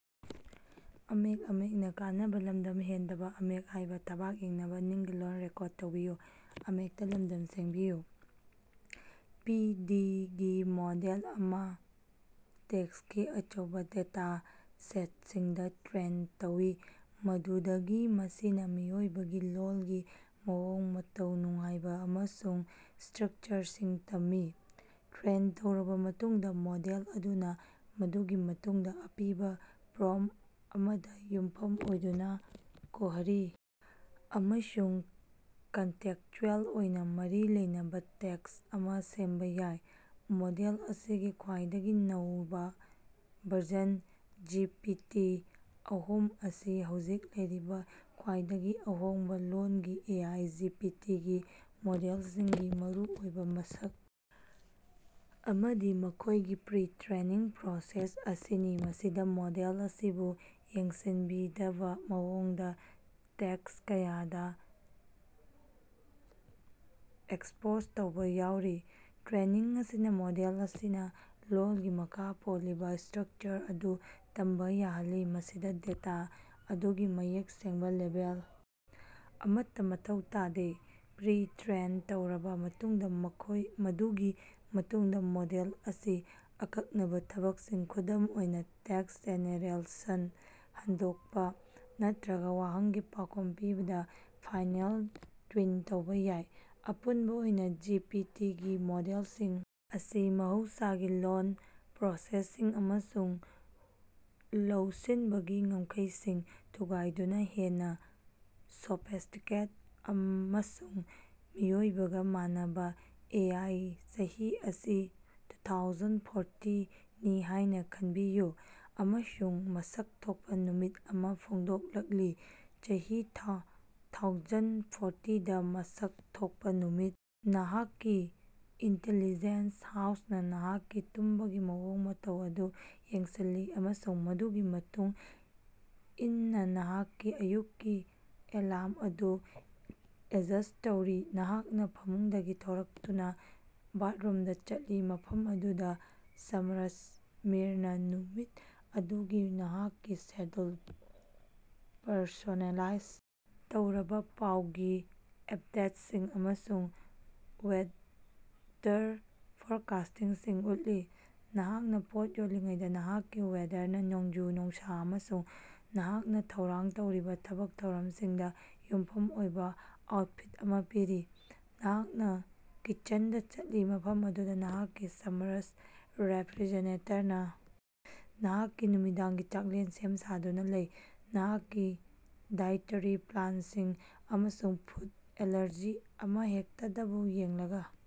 ꯄꯤ T ꯒꯤ model ꯑꯃ ꯇꯦꯛꯁꯀꯤ ꯑꯆꯧꯕ ꯗꯦꯇꯥꯁꯦꯠꯁꯤꯡꯗ ꯇ꯭ꯔꯦꯟ ꯇꯧꯏ ꯃꯗꯨꯗꯒꯤ ꯃꯁꯤꯅ ꯃꯤꯑꯣꯏꯕꯒꯤ ꯂꯣꯜꯒꯤ ꯃꯑꯣꯡ ꯃꯇꯧ ꯅꯨꯡꯉꯥꯏꯕ ꯑꯃꯁꯨꯡ ꯁꯇꯔꯛꯆꯔꯁꯤꯡ ꯇꯝꯃꯤ꯫ ꯇ꯭ꯔꯦꯟ ꯇꯧꯔꯕ ꯃꯇꯨꯡꯗ ꯃꯣꯗꯦꯜ ꯑꯗꯨꯅ ꯃꯗꯨꯒꯤ ꯃꯇꯨꯡꯗ ꯑꯄꯤꯕ ꯄ꯭ꯔꯣꯝꯞ ꯑꯃꯗ ꯌꯨꯝꯐꯝ ꯑꯣꯏꯗꯨꯅ ꯀꯣꯍꯔꯤ ꯑꯃꯁꯨꯡ ꯀꯟꯇꯦꯛꯁꯆꯨꯑꯦꯜ ꯑꯣꯏꯅ ꯃꯔꯤ ꯂꯩꯅꯕ ꯇꯦꯛꯁ ꯑꯃ ꯁꯦꯝꯕ ꯌꯥꯏ꯫ ꯃꯣꯗꯦꯜ ꯑꯁꯤꯒꯤ ꯈ꯭ꯋꯥꯏꯗꯒꯤ ꯅꯧꯕ ꯚꯔꯖꯟ ꯖꯤ ꯄꯤ ꯇꯤ ꯑꯍꯨꯝ ꯑꯁꯤ ꯍꯧꯖꯤꯛ ꯂꯩꯔꯤꯕ ꯈ꯭ꯋꯥꯏꯗꯒꯤ ꯑꯍꯣꯡꯕ ꯂꯣꯜꯒꯤ A I G P T ꯒꯤ ꯃꯣꯗꯦꯜꯁꯤꯡꯒꯤ ꯃꯔꯨꯑꯣꯏꯕ ꯃꯁꯛ ꯑꯃꯗꯤ ꯃꯈꯣꯏꯒꯤ ꯄꯔꯤ ꯇꯔꯦꯅꯤꯡ ꯄ꯭ꯔꯣꯁꯦꯁ ꯑꯁꯤꯅꯤ ꯃꯁꯤꯗ ꯃꯣꯗꯦꯜ ꯑꯁꯤꯕꯨ ꯌꯦꯡꯁꯤꯟꯕꯤꯗꯕ ꯃꯑꯣꯡꯗ ꯇꯦꯛꯁ ꯀꯌꯥꯗ ꯑꯦꯛꯁꯄꯣꯖ ꯇꯧꯕ ꯌꯥꯎꯔꯤ꯫ ꯇꯔꯦꯅꯤꯡ ꯑꯁꯤꯅ ꯃꯣꯗꯦꯜ ꯑꯁꯤꯅ ꯂꯣꯜꯒꯤ ꯃꯈꯥ ꯄꯣꯜꯂꯤꯕ ꯁꯇꯔꯛꯆꯔ ꯑꯗꯨ ꯇꯝꯕ ꯌꯥꯍꯜꯂꯤ ꯃꯁꯤꯗ ꯗꯦꯇꯥ ꯑꯗꯨꯒꯤ ꯃꯌꯦꯛ ꯁꯦꯡꯕ ꯂꯦꯕꯦꯜ ꯑꯃꯠꯇ ꯃꯊꯧ ꯇꯥꯗꯦ꯫ ꯄꯔꯤ ꯇꯔꯦꯟ ꯇꯧꯔꯕ ꯃꯇꯨꯡꯗ ꯃꯗꯨꯒꯤ ꯃꯇꯨꯡꯗ ꯃꯣꯗꯦꯜ ꯑꯁꯤ ꯑꯀꯛꯅꯕ ꯊꯕꯛꯁꯤꯡ ꯈꯨꯗꯝ ꯑꯣꯏꯅ ꯇꯦꯛꯁ ꯖꯦꯅꯦꯔꯦꯁꯟ ꯍꯟꯗꯣꯛꯄ ꯅꯠꯇ꯭ꯔꯒ ꯋꯥꯍꯪꯒꯤ ꯄꯥꯎꯈꯨꯝ ꯄꯤꯕꯗ ꯐꯥꯏꯅꯦꯜ ꯇꯌꯨꯟ ꯇꯧꯕ ꯌꯥꯏ꯫ ꯑꯄꯨꯟꯕ ꯑꯣꯏꯅ ꯖꯤ ꯄꯤ ꯇꯤ ꯒꯤ ꯃꯣꯗꯦꯜꯁꯤꯡ ꯑꯁꯤ ꯃꯍꯧꯁꯥꯒꯤ ꯂꯣꯜ ꯄꯔꯣꯁꯦꯁꯤꯡ ꯑꯃꯁꯨꯡ ꯂꯧꯁꯤꯟꯕꯒꯤ ꯉꯝꯈꯩꯁꯤꯡ ꯊꯨꯒꯥꯏꯗꯨꯅ ꯍꯦꯟꯅ ꯁꯣꯐꯤꯁꯇꯤꯀꯦꯠ ꯑꯃꯁꯨꯡ ꯃꯤꯑꯣꯏꯕꯒ ꯃꯥꯟꯅꯕ ꯑꯦ ꯑꯥꯏ ꯆꯍꯤ ꯑꯁꯤ ꯇꯨꯊꯥꯎꯖꯟ ꯐꯣꯔꯇꯤ ꯅꯤ ꯍꯥꯏꯅ ꯈꯟꯕꯤꯌꯨ ꯑꯃꯁꯨꯡ ꯃꯁꯛ ꯊꯣꯛꯄ ꯅꯨꯃꯤꯠ ꯑꯃ ꯐꯣꯡꯗꯣꯛꯂꯛꯂꯤ꯫ꯆꯍꯤ ꯇꯨꯊꯥꯎꯖꯟ ꯐꯣꯔꯇꯤꯗ ꯃꯁꯛ ꯊꯣꯛꯄ ꯅꯨꯃꯤꯠ ꯅꯍꯥꯛꯀꯤ ꯏꯟꯇꯦꯂꯤꯖꯦꯟ ꯍꯥꯎꯁꯅ ꯅꯍꯥꯛꯀꯤ ꯇꯨꯝꯕꯒꯤ ꯃꯑꯣꯡ ꯃꯇꯧ ꯑꯗꯨ ꯌꯦꯡꯁꯤꯜꯂꯤ ꯑꯃꯁꯨꯡ ꯃꯗꯨꯒꯤ ꯃꯇꯨꯡ ꯏꯟꯅ ꯅꯍꯥꯛꯀꯤ ꯑꯌꯨꯛꯀꯤ ꯑꯦꯂꯥꯝ ꯑꯗꯨ ꯑꯦꯠꯖꯁ ꯇꯧꯔꯤ꯫ ꯅꯍꯥꯛꯅ ꯐꯃꯨꯡꯗꯒꯤ ꯊꯣꯔꯛꯇꯨꯅ ꯕꯥꯠꯔꯨꯝꯗ ꯆꯠꯂꯤ ꯃꯐꯝ ꯑꯗꯨꯗ ꯁꯃꯥꯔꯠ ꯃꯤꯔꯅ ꯅꯨꯃꯤꯠ ꯑꯗꯨꯒꯤ ꯅꯍꯥꯛꯀꯤ ꯁꯦꯗꯨꯜ ꯄꯔꯁꯣꯅꯦꯂꯥꯏꯖ ꯇꯧꯔꯕ ꯄꯥꯎꯒꯤ ꯑꯞꯗꯦꯠꯁꯤꯡ ꯑꯃꯁꯨꯡ ꯋꯦꯗꯔ ꯐꯣꯔꯀꯥꯁꯁꯤꯡ ꯎꯠꯂꯤ꯫ ꯅꯍꯥꯛꯅ ꯄꯣꯠ ꯌꯣꯜꯂꯤꯉꯩꯗ ꯅꯍꯥꯛꯀꯤ ꯋꯦꯗꯔꯅ ꯅꯣꯡꯖꯨ ꯅꯨꯡꯁꯥ ꯑꯃꯁꯨꯡ ꯅꯍꯥꯛꯅ ꯊꯧꯔꯥꯡ ꯇꯧꯔꯤꯕ ꯊꯕꯛ ꯊꯧꯔꯝꯁꯤꯡꯗ ꯌꯨꯝꯐꯝ ꯑꯣꯏꯕ ꯑꯥꯎꯠꯐꯤꯠ ꯑꯃ ꯄꯤꯔꯤ꯫ ꯅꯍꯥꯛꯅ ꯀꯤꯆꯟꯗ ꯆꯠꯂꯤ ꯃꯐꯝ ꯑꯗꯨꯗ ꯅꯍꯥꯛꯀꯤ ꯁꯃꯥꯔꯠ ꯔꯦꯐ꯭ꯔꯤꯖꯔꯦꯇꯔꯅ ꯅꯍꯥꯛꯀꯤ ꯅꯨꯃꯤꯗꯥꯡꯒꯤ ꯆꯥꯛꯂꯦꯟ ꯁꯦꯝ ꯁꯥꯗꯨꯅ ꯂꯩ ꯅꯍꯥꯛꯀꯤ ꯗꯥꯏꯑꯦꯇꯔꯤ ꯄꯁꯟꯁꯤꯡ ꯑꯃꯁꯨꯡ ꯐꯨꯗ ꯑꯦꯂꯥꯔꯖꯤ ꯑꯃꯍꯦꯛꯇꯕꯨ ꯌꯦꯡꯂꯒ꯫